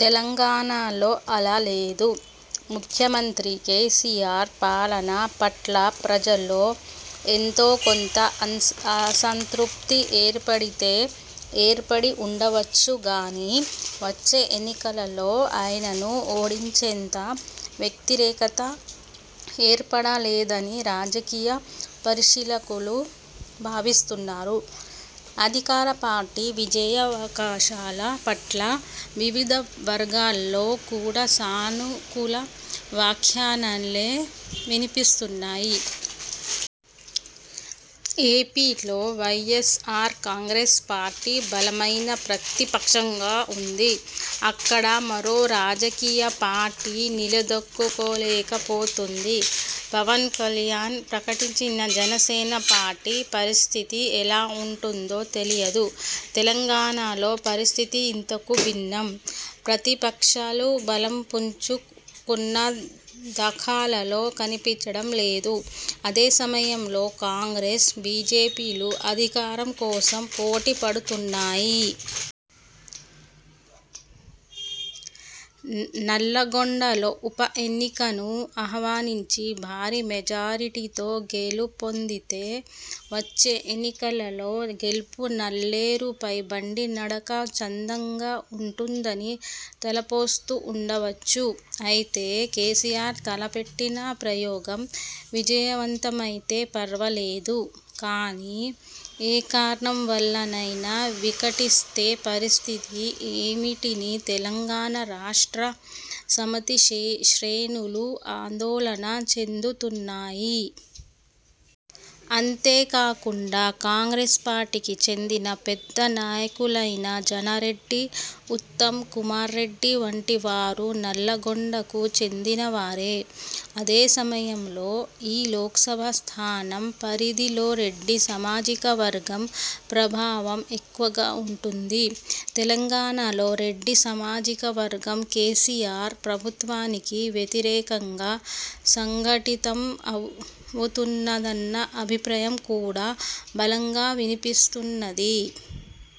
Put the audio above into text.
తెలంగాణలో అలా లేదు. ముఖ్యమంత్రి కేసీఆర్ పాలన పట్ల ప్రజల్లో ఎంతో కొంత అసంతృప్తి ఏర్పడితే ఏర్పడి ఉండవచ్చు గానీ, వచ్చే ఎన్నికల్లో ఆయనను ఓడించేంత వ్యతిరేకత ఏర్పడలేదని రాజకీయ పరిశీలకులు భావిస్తున్నారు. అధికార పార్టీ విజయావకాశాల పట్ల వివిధ వర్గాల్లో కూడా సానుకూల వ్యాఖ్యానాలే వినిపిస్తున్నాయి. ఏపీలో వైఎస్ఆర్ కాంగ్రెస్ పార్టీ బలమైన ప్రతిపక్షంగా ఉంది. అక్కడ మరో రాజకీయ పార్టీ నిలదొక్కుకోలేకపోతోంది. పవన్ కల్యాణ్ ప్రకటించిన జనసేన పార్టీ పరిస్థితి ఎలా ఉంటుందో తెలియదు! తెలంగాణలో పరిస్థితి ఇందుకు భిన్నం. ప్రతిపక్షాలు బలం పుంజుకున్న దాఖలాలో కనిపించడం లేదు. అదే సమయంలో, కాంగ్రెస్– బీజేపీలు అధికారం కోసం పోటీ పడుతున్నాయి. నల్లగొండలో ఉప ఎన్నికను ఆహ్వానించి భారీ మెజారిటీతో గెలుపొందితే, వచ్చే ఎన్నికల్లో గెలుపు నల్లేరుపై బండి నడక చందంగా ఉంటుందని తలపోస్తూ ఉండవచ్చు. అయితే, కేసీఆర్ తలపెట్టిన ప్రయోగం విజయవంతమైతే ఫర్వాలేదు. కానీ, ఏ కారణం వల్లనైనా వికటిస్తే పరిస్థితి ఏమిటని తెలంగాణ రాష్ట్ర సమితి శ్రేణులు ఆందోళన చెందుతున్నాయి. అంతేకాకుండా కాంగ్రెస్ పార్టీకి చెందిన పెద్ద నాయకులైన జనరెడ్డి, ఉత్తమ్ కుమార్ రెడ్డి వంటివారు నల్లగొండకు చెందినవారే! అదే సమయంలో, ఈ లోక్సభ స్థానం పరిధిలో రెడ్డి సామాజిక వర్గం ప్రభావం ఎక్కువగా ఉంటుంది. తెలంగాణలో రెడ్డి సామాజిక వర్గం కేసీఆర్ ప్రభుత్వానికి వ్యతిరేకంగా సంఘటితం అవుతున్నదన్న అభిప్రాయం కూడా బలంగా వినిపిస్తున్నది.